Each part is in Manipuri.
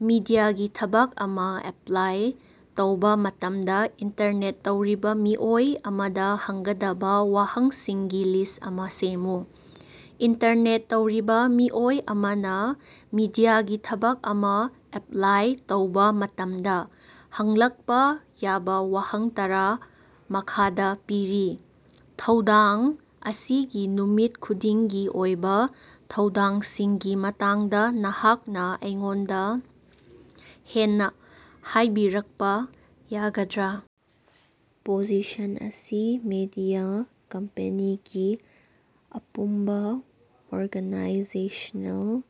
ꯃꯤꯗꯤꯌꯥꯒꯤ ꯊꯕꯛ ꯑꯃ ꯑꯦꯞꯂꯥꯏ ꯇꯧꯕ ꯃꯇꯝꯗ ꯏꯟꯇꯔꯚ꯭ꯌꯨ ꯇꯧꯔꯤꯕ ꯃꯤꯑꯣꯏ ꯑꯃꯗ ꯍꯪꯒꯗꯕ ꯋꯥꯍꯪꯁꯤꯡꯒꯤ ꯂꯤꯁ ꯑꯃ ꯁꯦꯝꯃꯨ꯫ ꯏꯟꯇꯔꯚ꯭ꯌꯨ ꯇꯧꯔꯤꯕ ꯃꯤꯑꯣꯏ ꯑꯃꯅ ꯃꯤꯗꯤꯌꯥꯒꯤ ꯊꯕꯛ ꯑꯃ ꯑꯦꯞꯂꯥꯏ ꯇꯧꯕ ꯃꯇꯝꯗ ꯍꯪꯂꯛꯄ ꯌꯥꯕ ꯋꯥꯍꯪ ꯇꯔ ꯃꯈꯥꯗ ꯄꯤꯔꯤ꯫ ꯊꯧꯗꯥꯡ ꯑꯁꯤꯒꯤ ꯅꯨꯃꯤꯠ ꯈꯨꯗꯤꯡꯒꯤ ꯑꯣꯏꯕ ꯊꯧꯗꯥꯡꯁꯤꯡꯒꯤ ꯃꯇꯥꯡꯗ ꯅꯍꯥꯛꯅ ꯑꯩꯉꯣꯟꯗ ꯍꯦꯟꯅ ꯍꯥꯏꯕꯤꯔꯛꯄ ꯌꯥꯒꯗ꯭ꯔꯥ? ꯄꯣꯖꯤꯁꯟ ꯑꯁꯤ ꯃꯦꯗꯤꯌꯥ ꯀꯝꯄꯦꯅꯤꯒꯤ ꯑꯄꯨꯟꯕ ꯑꯣꯔꯒꯅꯥꯏꯖꯦꯁꯅꯦꯜ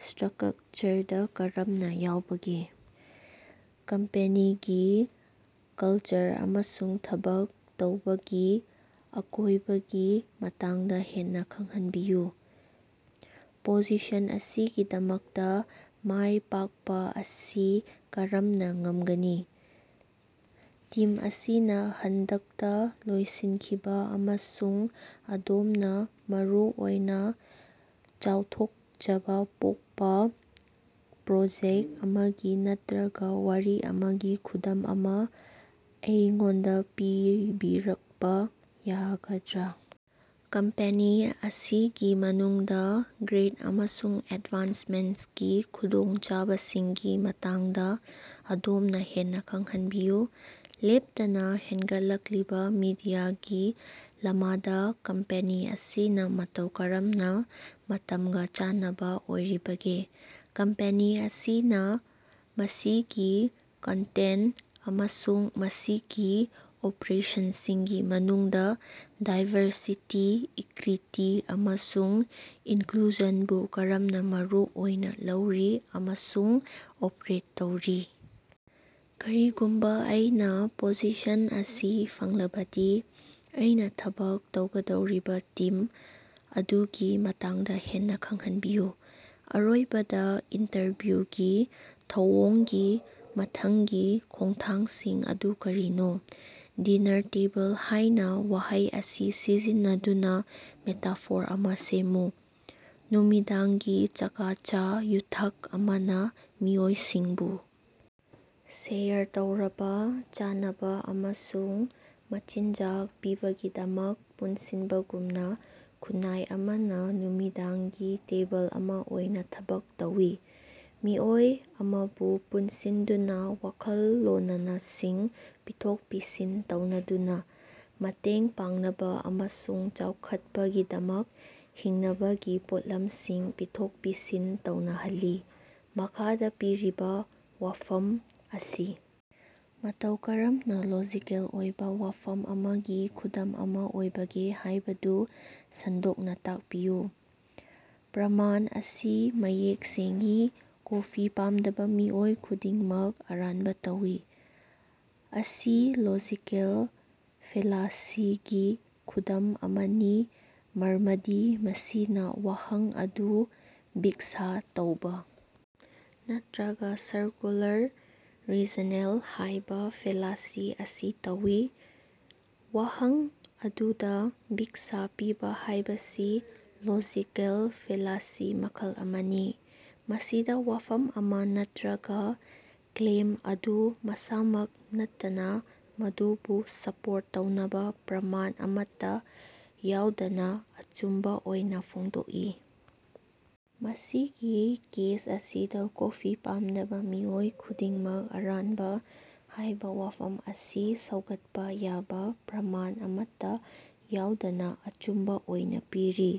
ꯁ꯭ꯇꯔꯀꯛꯆꯔꯗ ꯀꯔꯝꯅ ꯌꯥꯎꯕꯒꯦ? ꯀꯝꯄꯦꯅꯤꯒꯤ ꯀꯜꯆꯔ ꯑꯃꯁꯨꯡ ꯊꯕꯛ ꯇꯧꯕꯒꯤ ꯑꯀꯣꯏꯕꯒꯤ ꯃꯇꯥꯡꯗ ꯍꯦꯟꯅ ꯈꯪꯍꯟꯕꯤꯌꯨ? ꯄꯣꯖꯤꯁꯟ ꯑꯁꯤꯒꯤꯗꯃꯛꯇ ꯃꯥꯏ ꯄꯥꯛꯄ ꯑꯁꯤ ꯀꯔꯝꯅ ꯉꯝꯒꯅꯤ? ꯇꯤꯝ ꯑꯁꯤꯅ ꯍꯟꯗꯛꯇ ꯂꯣꯏꯁꯤꯟꯈꯤꯕ ꯑꯃꯁꯨꯡ ꯑꯗꯣꯝꯅ ꯃꯔꯨꯑꯣꯏꯅ ꯆꯥꯎꯊꯣꯛꯆꯕ ꯄꯣꯛꯄ ꯄ꯭ꯔꯣꯖꯦꯛ ꯑꯃꯒꯤ ꯅꯠꯇ꯭ꯔꯒ ꯋꯥꯔꯤ ꯑꯃꯒꯤ ꯈꯨꯗꯝ ꯑꯃ ꯑꯩꯉꯣꯟꯗ ꯄꯤꯕꯤꯔꯛꯄ ꯌꯥꯒꯗ꯭ꯔꯥ? ꯀꯝꯄꯦꯅꯤ ꯑꯁꯤꯒꯤ ꯃꯅꯨꯡꯗ ꯒ꯭ꯔꯣꯊ ꯑꯃꯁꯨꯡ ꯑꯦꯗꯚꯥꯟꯁꯃꯦꯟꯠꯀꯤ ꯈꯨꯗꯣꯡꯆꯥꯕꯁꯤꯡꯒꯤ ꯃꯇꯥꯡꯗ ꯑꯗꯣꯝꯅ ꯍꯦꯟꯅ ꯈꯪꯍꯟꯕꯤꯌꯨ? ꯂꯦꯞꯇꯅ ꯍꯦꯟꯒꯠꯂꯛꯂꯤꯕ ꯃꯤꯗꯤꯌꯥꯒꯤ ꯂꯃꯗ ꯀꯝꯄꯦꯅꯤ ꯑꯁꯤꯅ ꯃꯇꯧ ꯀꯔꯝꯅ ꯃꯇꯝꯒ ꯆꯥꯟꯅꯕ ꯑꯣꯏꯔꯤꯕꯒꯦ? ꯀꯝꯄꯦꯅꯤ ꯑꯁꯤꯅ ꯃꯁꯤꯒꯤ ꯀꯟꯇꯦꯟꯠ ꯑꯃꯁꯨꯡ ꯃꯁꯤꯒꯤ ꯑꯣꯄꯔꯦꯁꯟꯁꯤꯡꯒꯤ ꯃꯅꯨꯡꯗ ꯗꯥꯏꯕꯔꯁꯤꯇꯤ, ꯏꯀ꯭ꯌꯤꯇꯤ, ꯑꯃꯁꯨꯡ ꯏꯟꯀ꯭ꯂꯨꯖꯟꯕꯨ ꯀꯔꯝꯅ ꯃꯔꯨ ꯑꯣꯏꯅ ꯂꯧꯔꯤ ꯑꯃꯁꯨꯡ ꯑꯣꯄ꯭ꯔꯣꯆ ꯇꯧꯔꯤ? ꯀꯔꯤꯒꯨꯝꯕ ꯑꯩꯅ ꯄꯣꯖꯤꯁꯟ ꯑꯁꯤ ꯐꯪꯂꯕꯗꯤ ꯑꯩꯅ ꯊꯕꯛ ꯇꯧꯒꯗꯧꯔꯤꯕ ꯇꯤꯝ ꯑꯗꯨꯒꯤ ꯃꯇꯥꯡꯗ ꯍꯦꯟꯅ ꯈꯪꯍꯟꯕꯤꯌꯨ? ꯑꯔꯣꯏꯕꯗ, ꯏꯟꯇꯔꯚ꯭ꯌꯨꯒꯤ ꯊꯧꯑꯣꯡꯒꯤ ꯃꯊꯪꯒꯤ ꯈꯣꯡꯊꯥꯡꯁꯤꯡ ꯑꯗꯨ ꯀꯔꯤꯅꯣ? ꯗꯤꯅꯥꯔ ꯇꯦꯕꯜ ꯍꯥꯏꯕ ꯋꯥꯍꯩ ꯑꯁꯤ ꯁꯤꯖꯤꯟꯅꯗꯨꯅ ꯃꯦꯇꯥꯐꯣꯔ ꯑꯃ ꯁꯦꯝꯃꯨ꯫ ꯅꯨꯃꯤꯗꯥꯡꯒꯤ ꯆꯥꯀꯆꯥ-ꯌꯨꯊꯛ ꯑꯃꯅ ꯃꯤꯑꯣꯏꯁꯤꯡꯕꯨ ꯁꯦꯌꯔ ꯇꯧꯔꯕ ꯆꯥꯅꯕ ꯑꯃꯁꯨꯡ ꯃꯆꯤꯟꯖꯥꯛ ꯄꯤꯕꯒꯤꯗꯃꯛ ꯄꯨꯟꯁꯤꯟꯕꯒꯨꯝꯅ, ꯈꯨꯟꯅꯥꯏ ꯑꯃꯅ ꯅꯨꯃꯤꯗꯥꯡꯒꯤ ꯇꯦꯕꯜ ꯑꯃ ꯑꯣꯏꯅ ꯊꯕꯛ ꯇꯧꯏ, ꯃꯤꯑꯣꯏ ꯑꯃꯕꯨ ꯄꯨꯟꯁꯤꯟꯗꯨꯅ ꯋꯥꯈꯜꯂꯣꯅꯅꯁꯤꯡ ꯄꯤꯊꯣꯛ-ꯄꯤꯁꯤꯟ ꯇꯧꯅꯗꯨꯅ, ꯃꯇꯦꯡ ꯄꯥꯡꯅꯕ ꯑꯃꯁꯨꯡ ꯆꯥꯎꯈꯠꯄꯒꯤꯗꯃꯛ ꯍꯤꯡꯅꯕꯒꯤ ꯄꯣꯠꯂꯝꯁꯤꯡ ꯄꯤꯊꯣꯛ-ꯄꯤꯁꯤꯟ ꯇꯧꯅꯍꯜꯂꯤ꯫ ꯃꯈꯥꯗ ꯄꯤꯔꯤꯕꯥ ꯋꯥꯐꯝ ꯑꯁꯤ ꯃꯇꯧ ꯀꯔꯝꯅ ꯂꯣꯖꯤꯀꯦꯜ ꯑꯣꯏꯕ ꯋꯥꯐꯝ ꯑꯃꯒꯤ ꯈꯨꯗꯝ ꯑꯃ ꯑꯣꯏꯕꯒꯦ ꯍꯥꯏꯕꯗꯨ ꯁꯟꯗꯣꯛꯅ ꯇꯥꯛꯄꯤꯌꯨ꯫ ꯄ꯭ꯔꯃꯥꯟ ꯑꯁꯤ ꯃꯌꯦꯛ ꯁꯦꯡꯏ: ꯀꯣꯐꯤ ꯄꯥꯝꯗꯕ ꯃꯤꯑꯣꯏ ꯈꯨꯗꯤꯡꯃꯛ ꯑꯔꯥꯟꯕ ꯇꯧꯏ꯫ ꯑꯁꯤ ꯂꯣꯖꯤꯀꯦꯜ ꯐꯦꯂꯥꯁꯤꯒꯤ ꯈꯨꯗꯝ ꯑꯃꯅꯤ ꯃꯔꯃꯗꯤ ꯃꯁꯤꯅ ꯋꯥꯍꯪ ꯑꯗꯨ ꯚꯤꯛꯁꯥ ꯇꯧꯕ ꯅꯠꯇ꯭ꯔꯒ ꯁꯔꯀꯨꯂꯔ ꯔꯤꯖꯅꯦꯜ ꯍꯥꯏꯕ ꯐꯦꯂꯥꯁꯤ ꯑꯁꯤ ꯇꯧꯏ꯫ ꯋꯥꯍꯪ ꯑꯗꯨꯗ ꯚꯤꯛꯁꯥ ꯄꯤꯕ ꯍꯥꯏꯕꯁꯤ ꯂꯣꯖꯤꯀꯦꯜ ꯐꯦꯂꯥꯁꯤ ꯃꯈꯜ ꯑꯃꯅꯤ, ꯃꯁꯤꯗ ꯋꯥꯐꯝ ꯑꯃ ꯅꯠꯇ꯭ꯔꯒ ꯀ꯭ꯂꯦꯝ ꯑꯗꯨ ꯃꯁꯥꯃꯛ ꯅꯠꯇꯅ ꯃꯗꯨꯕꯨ ꯁꯄꯣꯔꯠ ꯇꯧꯅꯕ ꯄ꯭ꯔꯃꯥꯟ ꯑꯃꯠꯇ ꯌꯥꯎꯗꯅ ꯑꯆꯨꯝꯕ ꯑꯣꯏꯅ ꯐꯣꯡꯗꯣꯛꯏ꯫ ꯃꯁꯤꯒꯤ ꯀꯦꯁ ꯑꯁꯤꯗ 'ꯀꯣꯐꯤ ꯄꯥꯝꯗꯕ ꯃꯤꯑꯣꯏ ꯈꯨꯗꯤꯡꯃꯛ ꯑꯔꯥꯟꯕ' ꯍꯥꯏꯕ ꯋꯥꯐꯝ ꯑꯁꯤ ꯁꯧꯒꯠꯄ ꯌꯥꯕ ꯄ꯭ꯔꯃꯥꯟ ꯑꯃꯠꯇ ꯌꯥꯎꯗꯅ ꯑꯆꯨꯝꯕ ꯑꯣꯏꯅ ꯄꯤꯔꯤ꯫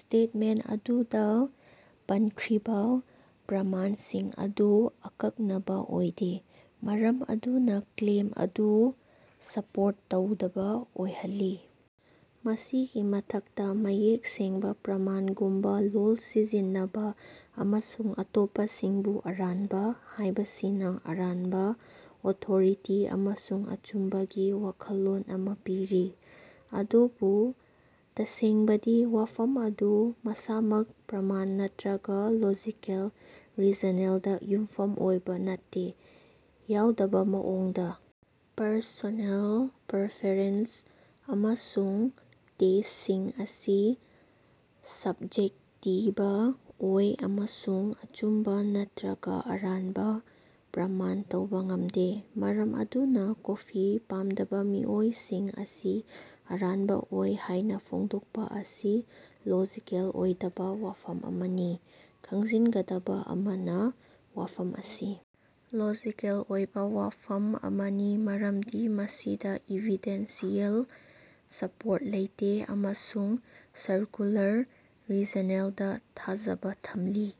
ꯁ꯭ꯇꯦꯠꯃꯦꯟꯠ ꯑꯗꯨꯗ ꯄꯟꯈ꯭ꯔꯤꯕ ꯄ꯭ꯔꯃꯥꯟꯁꯤꯡ ꯑꯗꯨ ꯑꯀꯛꯅꯕ ꯑꯣꯏꯗꯦ, ꯃꯔꯝ ꯑꯗꯨꯅ ꯀ꯭ꯂꯦꯝ ꯑꯗꯨ ꯁꯄꯣꯔꯠ ꯇꯧꯗꯕ ꯑꯣꯏꯍꯜꯂꯤ꯫ ꯃꯁꯤꯒꯤ ꯃꯊꯛꯇ, ꯃꯌꯦꯛ ꯁꯦꯡꯕ ꯄ꯭ꯔꯃꯥꯟ ꯒꯨꯝꯕ ꯂꯣꯜ ꯁꯤꯖꯤꯟꯅꯕ ꯑꯃꯁꯨꯡ ꯑꯇꯣꯞꯄꯁꯤꯡꯕꯨ "ꯑꯔꯥꯟꯕ" ꯍꯥꯏꯕꯁꯤꯅ ꯑꯔꯥꯟꯕ ꯑꯣꯊꯣꯔꯤꯇꯤ ꯑꯃꯁꯨꯡ ꯑꯆꯨꯝꯕꯒꯤ ꯋꯥꯈꯜꯂꯣꯟ ꯑꯃ ꯄꯤꯔꯤ, ꯑꯗꯨꯕꯨ ꯇꯁꯦꯡꯕꯗꯤ ꯋꯥꯐꯝ ꯑꯗꯨ ꯃꯁꯥꯃꯛ ꯄ꯭ꯔꯃꯥꯟ ꯅꯠꯇ꯭ꯔꯒ ꯂꯣꯖꯤꯀꯦꯜ ꯔꯤꯖꯅꯦꯜꯗ ꯌꯨꯝꯐꯝ ꯑꯣꯏꯕ ꯅꯠꯇꯦ꯫ ꯌꯥꯎꯗꯕ ꯃꯑꯣꯡꯗ, ꯄꯔꯁꯣꯅꯦꯜ ꯄꯔꯐꯦꯔꯦꯟꯁ ꯑꯃꯁꯨꯡ ꯇꯦꯁꯁꯤꯡ ꯑꯁꯤ ꯁꯕꯖꯦꯛꯇꯤꯕ ꯑꯣꯏ ꯑꯃꯁꯨꯡ ꯑꯆꯨꯝꯕ ꯅꯠꯇ꯭ꯔꯒ ꯑꯔꯥꯟꯕ ꯄ꯭ꯔꯃꯥꯟ ꯇꯧꯕ ꯉꯝꯗꯦ, ꯃꯔꯝ ꯑꯗꯨꯅ ꯀꯣꯐꯤ ꯄꯥꯝꯗꯕ ꯃꯤꯑꯣꯏꯁꯤꯡ ꯑꯁꯤ ꯑꯔꯥꯟꯕ ꯑꯣꯏ ꯍꯥꯏꯅ ꯐꯣꯡꯗꯣꯛꯄ ꯑꯁꯤ ꯂꯣꯖꯤꯀꯦꯜ ꯑꯣꯏꯗꯕ ꯋꯥꯐꯝ ꯑꯃꯅꯤ꯫ ꯈꯪꯖꯤꯟꯒꯗꯕ ꯑꯃꯅ, ꯋꯥꯐꯝ ꯑꯁꯤ ꯂꯣꯖꯤꯀꯦꯜ ꯑꯣꯏꯕ ꯋꯥꯐꯝ ꯑꯃꯅꯤ ꯃꯔꯝꯗꯤ ꯃꯁꯤꯗ ꯏꯚꯤꯗꯦꯟꯁꯤꯑꯦꯜ ꯁꯄꯣꯔꯠ ꯂꯩꯇꯦ ꯑꯃꯁꯨꯡ ꯁꯔꯀꯨꯂꯔ ꯔꯤꯖꯅꯦꯜꯗ ꯊꯥꯖꯕ ꯊꯝꯂꯤ꯫